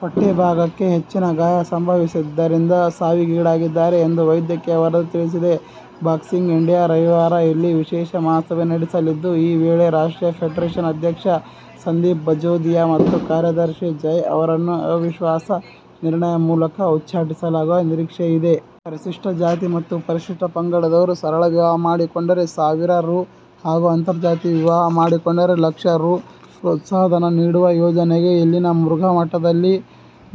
ಹೊಟ್ಟೆ ಭಾಗಕ್ಕೆ ಹೆಚ್ಚಿನ ಗಾಯ ಸಂಭವಿಸಿದ್ದರಿಂದ ಸಾವಿಗೀಡಾಗಿದ್ದಾರೆ ಎಂದು ವೈದ್ಯಕೀಯ ವರದಿ ತಿಳಿಸಿದೆ. ಬಾಕ್ಸಿಂಗ್ ಇಂಡಿಯಾ ರವಿವಾರ ಇಲ್ಲಿ ವಿಶೇಷ ಮಹಾಸಭೆ ನಡೆಸಲಿದ್ದು ಈ ವೇಳೆ ರಾಷ್ಟ್ರೀಯ ಫೆಡರೇಶನ್ ಅಧ್ಯಕ್ಷ ಸಂದೀಪ್ ಜಜೋದಿಯ ಮತ್ತು ಕಾರ್ಯದರ್ಶಿ ಜಯ್ ಅವರನ್ನು ಅವಿಶ್ವಾಸ ನಿರ್ಣಯ ಮೂಲಕ ಉಚ್ಚಾಟಿಸಲಾಗುವ ನಿರೀಕ್ಷೆಯಿದೆ. ಪರಿಶಿಷ್ಟ ಜಾತಿ ಮತ್ತು ಪರಿಶಿಷ್ಟ ಪಂಗಡದವರು ಸರಳ ವಿವಾಹ ಮಾಡಿಕೊಂಡರೆ ಸಾವಿರ ರೂ. ಹಾಗೂ ಅಂತರ್ಜಾತಿ ವಿವಾಹ ಮಾಡಿಕೊಂಡರೆ ಲಕ್ಷ ರೂ. ಪ್ರೋತ್ಸಾಹಧನ ನೀಡುವ ಯೋಜನೆಗೆ ಇಲ್ಲಿನ ಮುರುಘಾಮಠದಲ್ಲಿ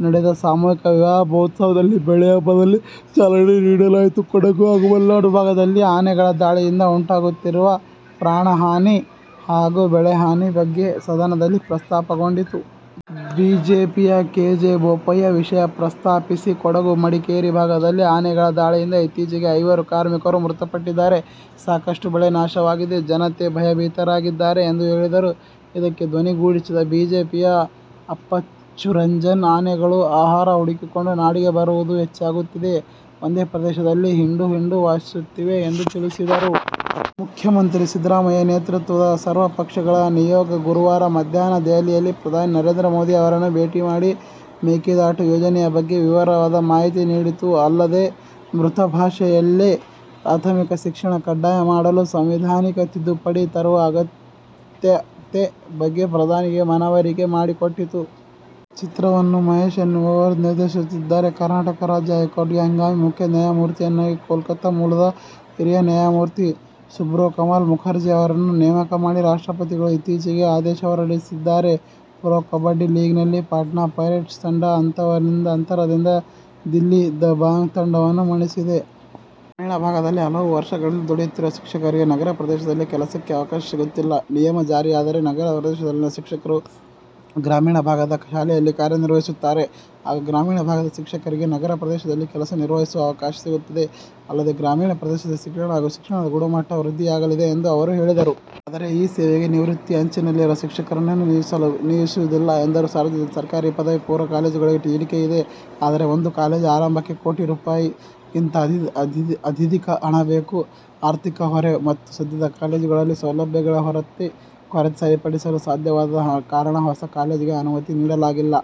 ನಡೆದ ಸಾಮೂಹಿಕ ವಿವಾಹ ಮಹೋತ್ಸವದ ಬೆಳ್ಳಿಹಬ್ಬದಲ್ಲಿ ಚಾಲನೆ ನೀಡಲಾಯಿತು. ಕೊಡಗು ಹಾಗೂ ಮಲೆನಾಡು ಭಾಗದಲ್ಲಿ ಆನೆಗಳ ದಾಳಿಯಿಂದ ಉಂಟಾಗುತ್ತಿರುವ ಪ್ರಾಣ ಹಾನಿ ಹಾಗೂ ಬೆಳೆ ಹಾನಿ ಬಗ್ಗೆ ಸದನದಲ್ಲಿ ಪ್ರಸ್ತಾಪಗೊಂಡಿತು. ಬಿಜೆಪಿಯ ಕೆ. ಜೆ. ಬೋಪಯ್ಯ ವಿಷಯ ಪ್ರಸ್ತಾಪಿಸಿ, ಕೊಡಗು-ಮಡಿಕೇರಿ ಭಾಗದಲ್ಲಿ ಆನೆಗಳ ದಾಳಿಯಿಂದ ಇತ್ತೀಚೆಗೆ ಐವರು ಕಾರ್ಮಿಕರು ಮೃತ ಪಟ್ಟಿದ್ದಾರೆ. ಸಾಕಷ್ಟು ಬೆಳೆ ನಾಶವಾಗಿದೆ. ಜನತೆ ಭಯಭೀತರಾಗಿದ್ದಾರೆ ಎಂದು ಹೇಳಿದರು. ಇದಕ್ಕೆ ಧ್ವನಿಗೂಡಿಸಿದ ಬಿಜೆಪಿಯ ಅಪ್ಪಚ್ಚುರಂಜನ್, ಆನೆಗಳು ಆಹಾರ ಹುಡುಕಿಕೊಂಡು ನಾಡಿಗೆ ಬರುವುದು ಹೆಚ್ಚಾಗುತ್ತಿದೆ. ಒಂದೇ ಪ್ರದೇಶದಲ್ಲಿ ಹಿಂಡು ಹಿಂಡು ವಾಸಿಸುತ್ತಿವೆ ಎಂದು ತಿಳಿಸಿದರು. ಮುಖ್ಯಮಂತ್ರಿ ಸಿದ್ಧರಾಮಯ್ಯ ನೇತೃತ್ವದ ಸರ್ವಪಕ್ಷಗಳ ನಿಯೋಗ ಗುರುವಾರ ಮಧ್ಯಾಹ್ನ ದೆಹಲಿಯಲ್ಲಿ ಪ್ರಧಾನಿ ನರೇಂದ್ರ ಮೋದಿ ಅವರನ್ನು ಭೇಟಿ ಮಾಡಿ ಮೇಕೆದಾಟು ಯೋಜನೆಯ ಬಗ್ಗೆ ವಿವರವಾದ ಮಾಹಿತಿ ನೀಡಿತು. ಅಲ್ಲದೆ, ಮಾತೃಭಾಷೆಯಲ್ಲೇ ಪ್ರಾಥಮಿಕ ಶಿಕ್ಷಣ ಕಡ್ಡಾಯ ಮಾಡಲು ಸಂವಿಧಾನಕ್ಕೆ ತಿದ್ದುಪಡಿ ತರುವ ಅಗತ್ಯತೆ ಬಗ್ಗೆ ಪ್ರಧಾನಿಗೆ ಮನವರಿಕೆ ಮಾಡಿಕೊಟ್ಟಿತು. ಚಿತ್ರವನ್ನು ಮಹೇಶ್ ಎನ್ನುವವರು ನಿರ್ದೇಶಿಸುತ್ತಿದ್ದಾರೆ. ಕರ್ನಾಟಕ ರಾಜ್ಯ ಹೈಕೋರ್ಟ್ಗೆ ಹಂಗಾಮಿ ಮುಖ್ಯ ನ್ಯಾಯಮೂರ್ತಿಯನ್ನಾಗಿ ಕೋಲ್ಕತ್ತಾ ಮೂಲದ ಹಿರಿಯ ನ್ಯಾಯಮೂರ್ತಿ ಸುಬ್ರೋ ಕಮಲ್ ಮುಖರ್ಜಿ ಅವರನ್ನು ನೇಮಕ ಮಾಡಿ ರಾಷ್ಟ್ರಪತಿಗಳು ಇತ್ತೀಚೆಗೆ ಆದೇಶ ಹೊರಡಿಸಿದ್ದಾರೆ. ಪ್ರೊ ಕಬಡ್ಡಿ ಲೀಗ್ನಲ್ಲಿ ಪಾಟ್ನಾ ಪೈರೇಟ್ಸ್ ತಂಡ ಅಂತರದಿಂದ ದಿಲ್ಲಿ ದಬಾಂಗ್ ತಂಡವನ್ನು ಮಣಿಸಿದೆ. ಗ್ರಾಮೀಣ ಭಾಗದಲ್ಲಿ ಹಲವು ವರ್ಷಗಳಿಂದ ದುಡಿಯುತ್ತಿರುವ ಶಿಕ್ಷಕರಿಗೆ ನಗರ ಪ್ರದೇಶದಲ್ಲಿ ಕೆಲಸಕ್ಕೆ ಅವಕಾಶ ಸಿಗುತ್ತಿಲ್ಲ. ನಿಯಮ ಜಾರಿಯಾದರೆ ನಗರ ಪ್ರದೇಶದಲ್ಲಿನ ಶಿಕ್ಷಕರು ಗ್ರಾಮೀಣ ಭಾಗದ ಶಾಲೆಯಲ್ಲಿ ಕಾರ್ಯ ನಿರ್ವಹಿಸುತ್ತಾರೆ. ಆಗ ಗ್ರಾಮೀಣ ಭಾಗದ ಶಿಕ್ಷಕರಿಗೆ ನಗರ ಪ್ರದೇಶದಲ್ಲಿ ಕೆಲಸ ನಿರ್ವಹಿಸುವ ಅವಕಾಶ ಸಿಗುತ್ತದೆ. ಅಲ್ಲದೆ, ಗ್ರಾಮೀಣ ಪ್ರದೇಶದ ಶಿಕ್ಷಣ ಹಾಗೂ ಶಿಕ್ಷಣದ ಗುಣಮಟ್ಟ ವೃದ್ಧಿಯಾಗಲಿದೆ ಎಂದು ಅವರು ಹೇಳಿದರು. ಆದರೆ, ಈ ಸೇವೆಗೆ ನಿವೃತ್ತಿ ಅಂಚಿನಲ್ಲಿರುವ ಶಿಕ್ಷಕರನ್ನು ನಿಯೋಜಿಸುವುದಿಲ್ಲ ಎಂದರು. ರಾಜ್ಯದಲ್ಲಿ ಸರ್ಕಾರಿ ಪದವಿ ಪೂರ್ವ ಕಾಲೇಜುಗಳಿಗೆ ಬೇಡಿಕೆ ಇದೆ. ಆದರೆ, ಒಂದು ಕಾಲೇಜು ಆರಂಭಕ್ಕೆ ಕೋಟಿ ರೂ. ಗಿಂತ ಅಧಿಧಿಕ ಹಣ ಬೇಕು. ಆರ್ಥಿಕ ಹೊರೆ ಮತ್ತು ಸದ್ಯದ ಕಾಲೇಜುಗಳಲ್ಲಿ ಸೌಲಭ್ಯಗಳ ಕೊರತೆ ಸರಿಪಡಿಸಲು ಸಾಧ್ಯವಾಗದ ಕಾರಣ ಹೊಸ ಕಾಲೇಜಿಗೆ ಅನುಮತಿ ನೀಡಲಾಗಿಲ್ಲ.